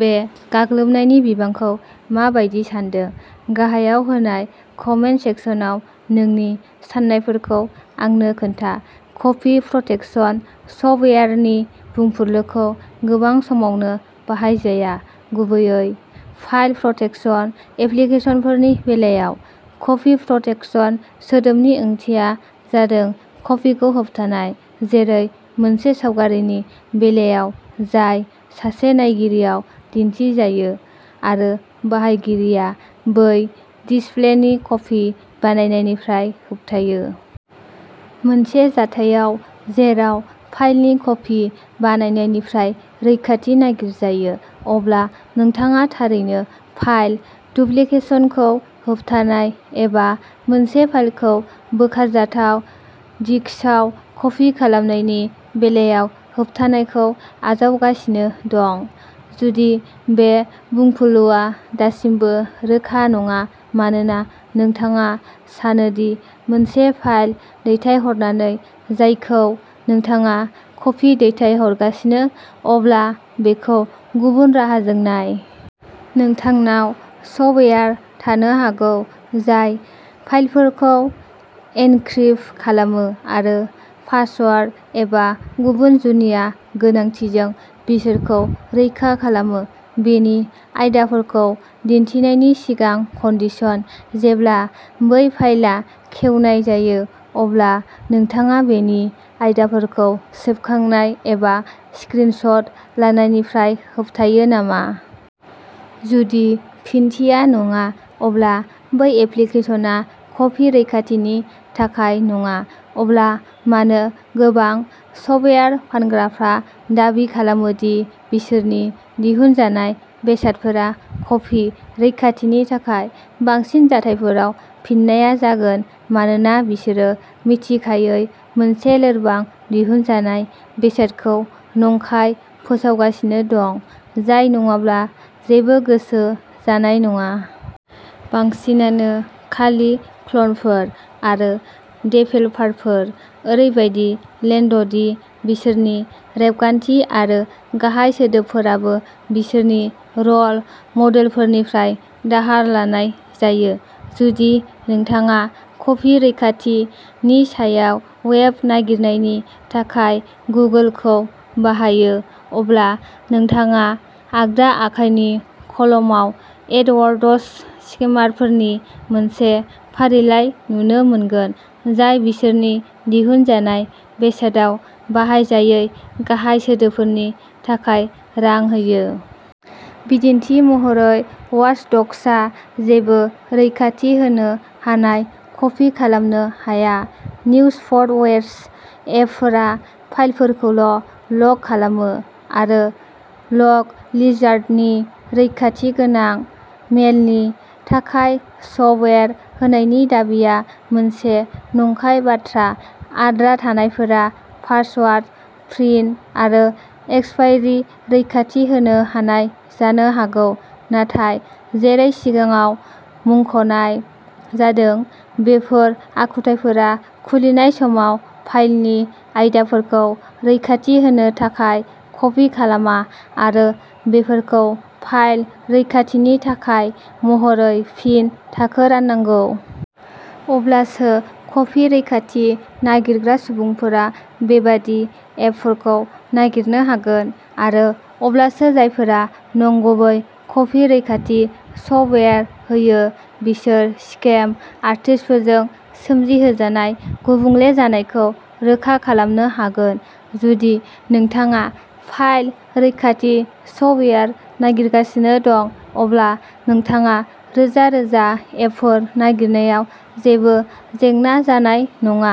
बे गाग्लोबनायनि बिबांखौ मा बायदि सानदों? गाहायाव होनाय कमेन्ट सेक्सनाव नोंनि साननायफोरखौ आंनो खोन्था। कपि प्रटेक्शन सफ्टवेयारनि बुंफुरलुखौ गोबां समावनो बाहायजाया, गुबैयै फाइल प्रटेक्शन एप्लिकेसनफोरनि बेलायाव। "कपि प्रटेक्शन" सोदोबनि ओंथिया जादों कपिखौ होबथानाय जेरै मोनसे सावगारिनि बेलायाव जाय सासे नायगिरियाव दिन्थिजायो आरो बाहायगिरिया बै डिसप्लेनि कपि बानायनायनिफ्राय होबथायो। मोनसे जाथायाव जेराव फाइलनि कपि बानायनायनिफ्राय रैखाथि नागिरजायो, अब्ला नोंथाङा थारैनो फाइल डुप्लिकेशनखौ होबथानाय एबा मोनसे फाइलखौ बोखारजाथाव डिस्कआव कपि खालामनायनि बेलायाव होबथानायखौ आजावगासिनो दं। जुदि बे बुंफुरलुआ दासिमबो रोखा नङा मानोना नोंथाङा सानो दि मोनसे फाइल दैथायहरनानै जायखौ नोंथाङा कपि दैथायहरगासिनो, अब्ला बेखौ गुबुन राहाजों नाय। नोंथांनाव सफ्टवेयार थानो हागौ जाय फाइलफोरखौ एनक्रिप्ट खालामो आरो पासवार्ड एबा गुबुन जुनिया गोनांथिजों बिसोरखौ रैखा खालामो। बेनि आयदाफोरखौ दिन्थिनायनि सिगां कन्डिशन। जेब्ला बै फाइलआ खेवनाय जायो, अब्ला नोंथाङा बेनि आयदाफोरखौ सेबखांनाय एबा स्क्रिन शट लानायनिफ्राय होबथायो नामा? जुदि फिनथिया "नङा" अब्ला बै एप्लिकेशनआ कपि रैखाथिनि थाखाय नङा। अब्ला मानो गोबां सफ्टवेयार फानग्राफ्रा दाबि खालामो दि बिसोरनि दिहुनजानाय बेसादफोरा कपि रैखाथिनि थाखाय? बांसिन जाथायफोराव फिननाया जागोन मानोना बिसोरो मिथिखायै मोनसे लोरबां दिहुनजानाय बेसादखौ नंखाय फोसावगासिनो दं, जाय नङाब्ला जेबो गोसो जानाय नङा। बांसिनानो खालि क्ल'नफोर आरो देभेलपारफोर, ओरैबादि लेन्द'दि बिसोरनि रेबगान्थि आरो गाहाय सोदोबफोराबो बिसोरनि रल मडेलफोरनिफ्राय दाहार लानाय जायो। जुदि नोंथाङा "कपि रैखाथि" नि सायाव वेब नागिरनायनि थाखाय गुगोलखौ बाहायो, अब्ला नोंथाङा आगदा आखाइनि कलमाव एडवर्ड्स स्केमारफोरनि मोनसे फारिलाइ नुनो मोनगोन, जाय बिसोरनि दिहुनजानाय बेसादाव बाहायजायै गाहाय सोदोबफोरनि थाखाय रां होयो। बिदिन्थि महरै, वाचडक्सआ जेबो रैखाथि होनो हानाय कपि खालामनो हाया, निउसफ्टवेर्स एपफोरा फाइलफोरखौल'लक खालामो। आरो लकलिजार्डनि रैखाथि गोनां मेलनि थाखाय सफ्टवेयार होनायनि दाबिआ मोनसे नंखाय बाथ्रा। आद्रा थानायफोरा पासवार्ड, प्रिन्ट आरो एक्सपायरि रैखाथि होनो हानाय जानो हागौ, नाथाय जेरै सिगाङाव मुंख'नाय जादों बेफोर आखुथायफोरा खुलिनाय समाव फाइलनि आयदाफोरखौ रैखाथि होनो थाखाय कपि खालामा आरो बेफोरखौ फाइल रैखाथिनि थाखाय महरै फिन थाखो राननांगौ। अब्लासो कपि रैखाथि नागिरग्रा सुबुंफोरा बेबादि एपफोरखौ नागिरनो हागोन, आरो अब्लासो जायफोरा नंगुबै कपि रैखाथि सफ्टवेयार होयो बिसोर स्केम आर्टिस्टफोरजों सोमजिहोजानाय गुबुंले जानायखौ रोखा खालामनो हागोन। जुदि नोंथाङा फाइल रैखाथि सफ्टवेयार नागिरगासिनो दं अब्ला नोंथाङा रोजा-रोजा एपफोर नागिरनायाव जेबो जेंना जानाय नङा,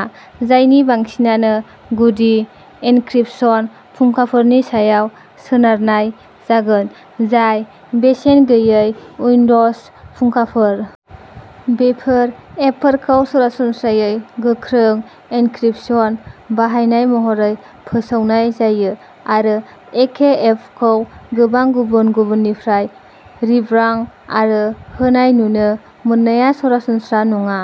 जायनि बांसिनानो गुदि एनक्रिप्शन फुंखाफोरनि सायाव सोनारनाय जागोन जाय बेसेन गैयै उइन्ड'ज फुंखाफोर। बेफोर एपफोरखौ सरासनस्रायै गोख्रों एनक्रिप्शन बाहायनाय महरै फोसावनाय जायो आरो एखे एपखौ गोबां गुबुन गुबुननिफ्राय रिब्रांड आरो होनाय नुनो मोननाया सरासनस्रा नङा।